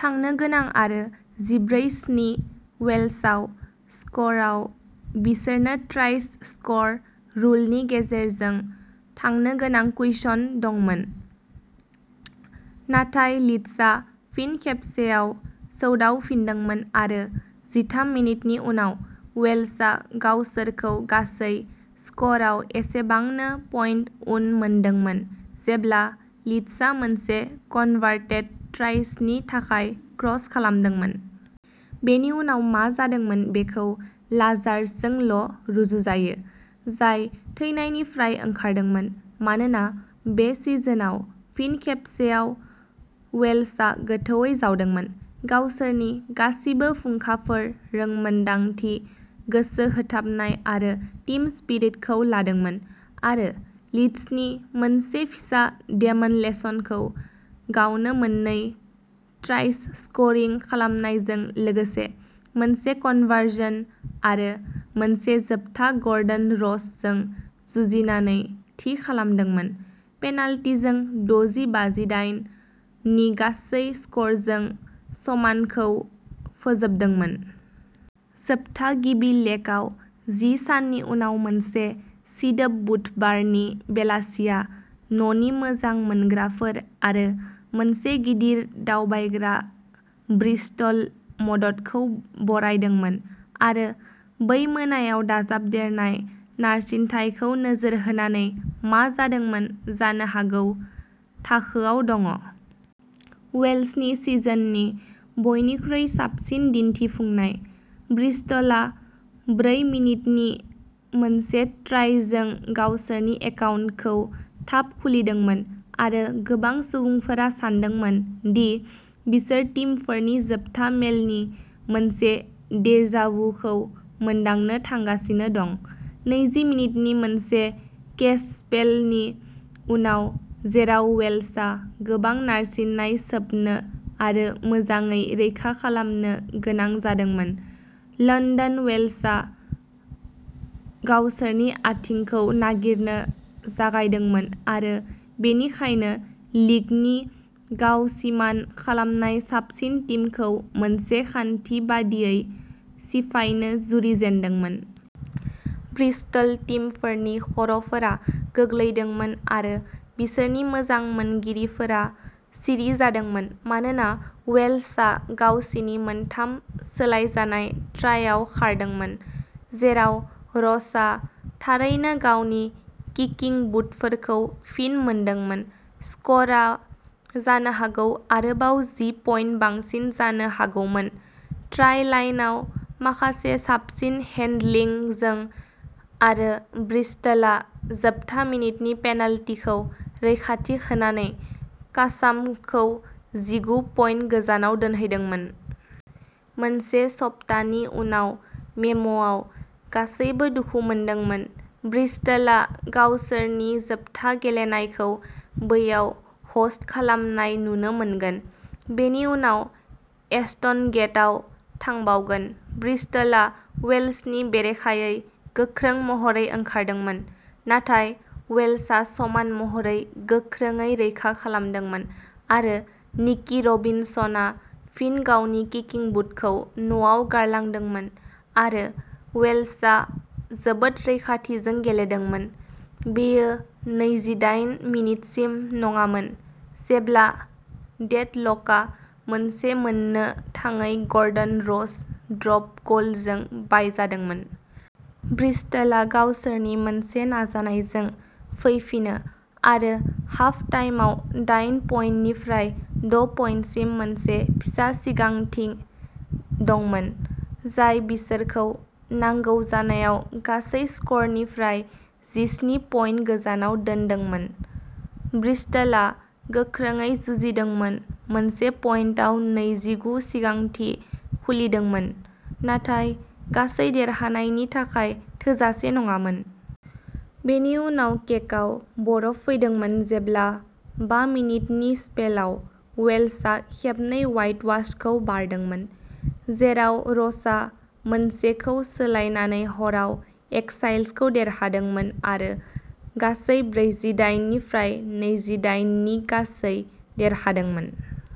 थांनो गोनां आरो जिब्रै-स्नि वेल्शआव स्क'रआव बिसोरनो ट्राइस स्क'र रुलनि गेजेरजों थांनो गोनां कुइशन दंमोन। नाथाय लीड्सआ फिन खेबसेबाव सौदावफिनदोंमोन आरो जिथाम मिनिटनि उनाव वेल्शआ गावसोरखौ गासै स्क'रआव एसेबांनो पइन्ट उन मोनदोंमोन जेब्ला लीड्सआ मोनसे कनभार्टेड ट्राइसनि थाखाय क्रस खालामदोंमोन। बेनि उनाव मा जादोंमोन बेखौ लाजारसजोंल' रुजुजायो, जाय थैनायनिफ्राय ओंखारदोंमोन मानोना बे सिजनआव फिन खेबसेबाव, वेल्शआ गोथौवै जावदोंमोन, गावसोरनि गासिबो फुंखाफोर, रोंमोनदांथि, गोसो होथाबनाय आरो टीम स्पिरिटखौ लादोंमोन आरो लीड्सनि मोनसे फिसा डेमोनलेसनखौ गावनो मोननै ट्राइस स्क'रिं खालामनायजों लोगोसे मोनसे कनभार्सन आरो मोनसे जोबथा ग'र्डन रसजों जुजिनानै थि खालामदोंमोन, पेनाल्टिजों दजि-बाजि दायेन नि गासै स्क'रजों समानखौ फोजोबदोंमोन। जोबथा गिबि लेगआव जि साननि उनाव मोनसे सिदोब बुधबारनि बेलासिया न'नि मोजां मोनग्राफोर आरो मोनसे गिदिर दावबायग्रा ब्रिस्टल मददखौ बरायदोंमोन आरो बै मोनायाव दाजाबदेरनाय नारसिनथायखौ नोजोर होनानै मा जादोंमोन, जानो हागौ थाखोयाव दङ। वेल्शनि सिजननि बयनिख्रुइ साबसिन दिन्थिफुंनाय। ब्रिस्टलआ ब्रै मिनिटनि मोनसे ट्राइजों गावसोरनि एकाउन्टखौ थाब खुलिदोंमोन आरो गोबां सुबुंफोरा सानदोंमोन दि बिसोर टीमफोरनि जोबथा मेलनि मोनसे डेजा वुखौ मोनदांनो थांगासिनो दं। नैजि मिनिटनि मोनसे केज स्पेलनि उनाव, जेराव वेल्शआ गोबां नारसिननाय सोबनो आरो मोजाङै रैखा खालामनो गोनां जादोंमोन, लन्दन वेल्शआ गावसोरनि आथिंखौ नागिरनो जागायदोंमोन आरो बेनिखायनो लीगनि गाव-सिमान खालामनाय साबसिन टीमखौ मोनसे खान्थि बायदियै सिफायनो जुरिजेनदोंमोन। ब्रिस्टल टीमफोरनि खर'फोरा गोग्लैदोंमोन आरो बिसोरनि मोजां मोनगिरिफोरा सिरि जादोंमोन मानोना वेल्शआ गावसिनि मोनथाम सोलायजानाय ट्राइआव खारदोंमोन, जेराव र'सआ थारैनो गावनि किकिं बुटफोरखौ फिन मोनदोंमोन। स्क'रआ जानो हागौ आरोबाव जि पइन्ट बांसिन जानो हागौमोन, ट्राइ लाइनआव माखासे साबसिन हेन्डलिंगजों आरो ब्रिस्टलआ जोबथा मिनिटनि पेनाल्टिखौ रैखाथि होनानै कासामखौ जिगु पइन्ट गोजानाव दोनहैदोंमोन। मोनसे सप्तानि उनाव मेम आव गासैबो दुखु मोनदोंमोन। ब्रिस्टेलआ गावसोरनि जोबथा गेलेनायखौ बैयाव ह'स्ट खालामनाय नुनो मोनगोन, बेनि उनाव एश्टन गेटआव थांबावगोन। ब्रिस्टलआ वेल्शनि बेरेखायै गोख्रों महरै ओंखारदोंमोन, नाथाय वेल्शआ समान महरै गोख्रोंयै रैखा खालामदोंमोन आरो निकि रबिनसनआ फिन गावनि किकिं बुटखौ न'आव गारलांदोंमोन आरो वेल्शआ जोबोद रैखाथिजों गेलेदोंमोन, बेयो नैजिदायेन मिनिटसिम नङामोन जेब्ला डेडल'कआ मोनसे मोननो थाङै ग'र्डन रस ड्रप गलजों बायजादोंमोन। ब्रिस्टेलआ गावसोरनि मोनसे नाजानायजों फैफिनो आरो हाफ टाइमआव दायेन पइन्टनिफ्राय द' पइन्टसिम मोनसे फिसा सिगांथि दंमोन, जाय बिसोरखौ नांगौ जानाय गासै स्क'रनिफ्राय जिस्नि पइन्ट गोजानाव दोनदोंमोन। ब्रिस्टलआ गोख्रोंयै जुजिदोंमोन, मोनसे पइन्टआव नैजि-गु सिगांथि खुलिदोंमोन, नाथाय गासै देरहानायनि थाखाय थोजासे नङामोन। बेनि उनाव केकआव बरफ फैदोंमोन जेब्ला बा मिनिटनि स्पेलआव वेल्शआ खेबनै व्हाइटवाशखौ बारदोंमोन, जेराव रसआ मोनसेखौ सोलायनानै हराव एक्साइल्सखौ देरहादोंमोन आरो गासै ब्रैजिदयेन-नैजिदायेन नि गासै देरहादोंमोन।